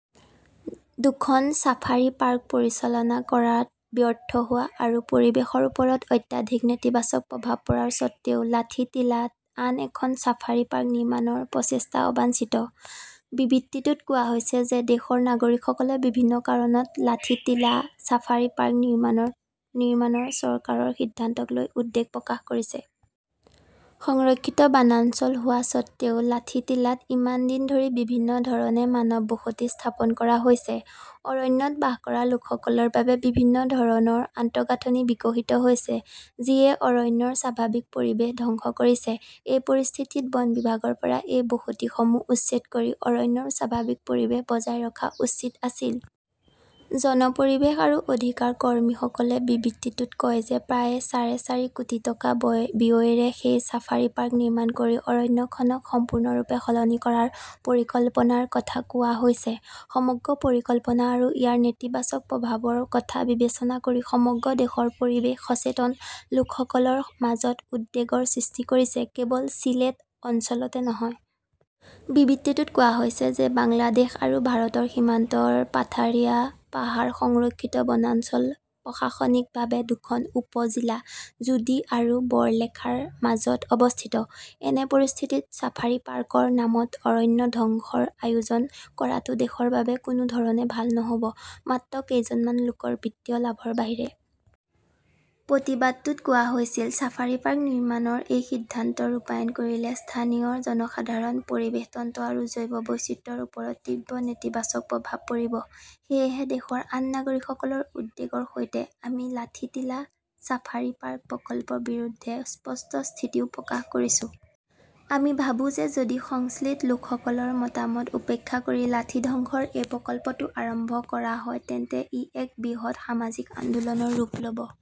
দুখন safari park পৰিচালনা কৰাত ব্যৰ্থ হোৱা আৰু পৰিৱেশৰ ওপৰত অত্যধিক নেতিবাচক প্ৰভাৱ পৰাৰ সত্ত্বেও লাঠিটিলাত আন এখন ছাফাৰী পাৰ্ক নিৰ্মাণৰ প্ৰচেষ্টা অবাঞ্ছিত। বিবৃতিটোত কোৱা হৈছে যে দেশৰ নাগৰিকসকলে বিভিন্ন কাৰণত লাঠিটিলা ছাফাৰী পাৰ্ক নিৰ্মাণৰ চৰকাৰৰ সিদ্ধান্তক লৈ উদ্বেগ প্ৰকাশ কৰিছে। সংৰক্ষিত বনাঞ্চল হোৱা সত্ত্বেও, লাঠিটিলাত ইমান দিন ধৰি বিভিন্ন ধৰণে মানৱ বসতি স্থাপন কৰা হৈছে। অৰণ্যত বাস কৰা লোকসকলৰ বাবে বিভিন্ন ধৰণৰ আন্তঃগাঁথনি বিকশিত হৈছে, যিয়ে অৰণ্যৰ স্বাভাৱিক পৰিৱেশ ধ্বংস কৰিছে। এই পৰিস্থিতিত বন বিভাগৰ পৰা এই বসতিসমূহ উচ্ছেদ কৰি অৰণ্যৰ স্বাভাৱিক পৰিৱেশ বজাই ৰখা উচিত আছিল। জন পৰিৱেশ আৰু অধিকাৰ কৰ্মীসকলে বিবৃতিটোত কয় যে প্ৰায় চাৰে চাৰি কোটি টকা ব্যয়েৰে সেই ছাফাৰী পাৰ্ক নিৰ্মাণ কৰি অৰণ্যখনক সম্পূৰ্ণৰূপে সলনি কৰাৰ পৰিকল্পনাৰ কথা কোৱা হৈছে। সমগ্ৰ পৰিকল্পনা আৰু ইয়াৰ নেতিবাচক প্ৰভাৱৰ কথা বিবেচনা কৰি সমগ্ৰ দেশৰ পৰিৱেশ সচেতন লোকসকলৰ মাজত উদ্বেগৰ সৃষ্টি কৰিছে, কেৱল ছিলেট অঞ্চলতে নহয়। বিবৃতিটোত কোৱা হৈছে যে বাংলাদেশ আৰু ভাৰতৰ সীমান্তৰ পাথাৰিয়া পাহাৰ সংৰক্ষিত বনাঞ্চল প্ৰশাসনিকভাৱে দুখন উপ-জিলা জোডি আৰু বৰলেখাৰ মাজত অৱস্থিত। এনে পৰিস্থিতিত ছাফাৰী পাৰ্কৰ নামত অৰণ্য ধ্বংসৰ আয়োজন কৰাটো দেশৰ বাবে কোনো ধৰণে ভাল নহ'ব, মাত্ৰ কেইজনমান লোকৰ বিত্তীয় লাভৰ বাহিৰে। প্ৰতিবাদটোত কোৱা হৈছিল, "ছাফাৰী পাৰ্ক নিৰ্মাণৰ এই সিদ্ধান্ত ৰূপায়ণ কৰিলে স্থানীয় জনসাধাৰণ, পৰিৱেশ তন্ত্ৰ আৰু জৈৱ বৈচিত্ৰ্যৰ ওপৰত তীব্ৰ নেতিবাচক প্ৰভাৱ পৰিব। সেয়েহে দেশৰ আন নাগৰিকসকলৰ উদ্বেগৰ সৈতে, আমি লাঠিটিলা ছাফাৰী পাৰ্ক প্ৰকল্পৰ বিৰুদ্ধে স্পষ্ট স্থিতিও প্ৰকাশ কৰিছোঁ। আমি ভাবোঁ যে যদি সংশ্লিষ্ট লোকসকলৰ মতামত উপেক্ষা কৰি লাঠি ধ্বংসৰ এই প্ৰকল্পটো আৰম্ভ কৰা হয় তেন্তে ই এক বৃহৎ সামাজিক আন্দোলনৰ ৰূপ ল'ব।"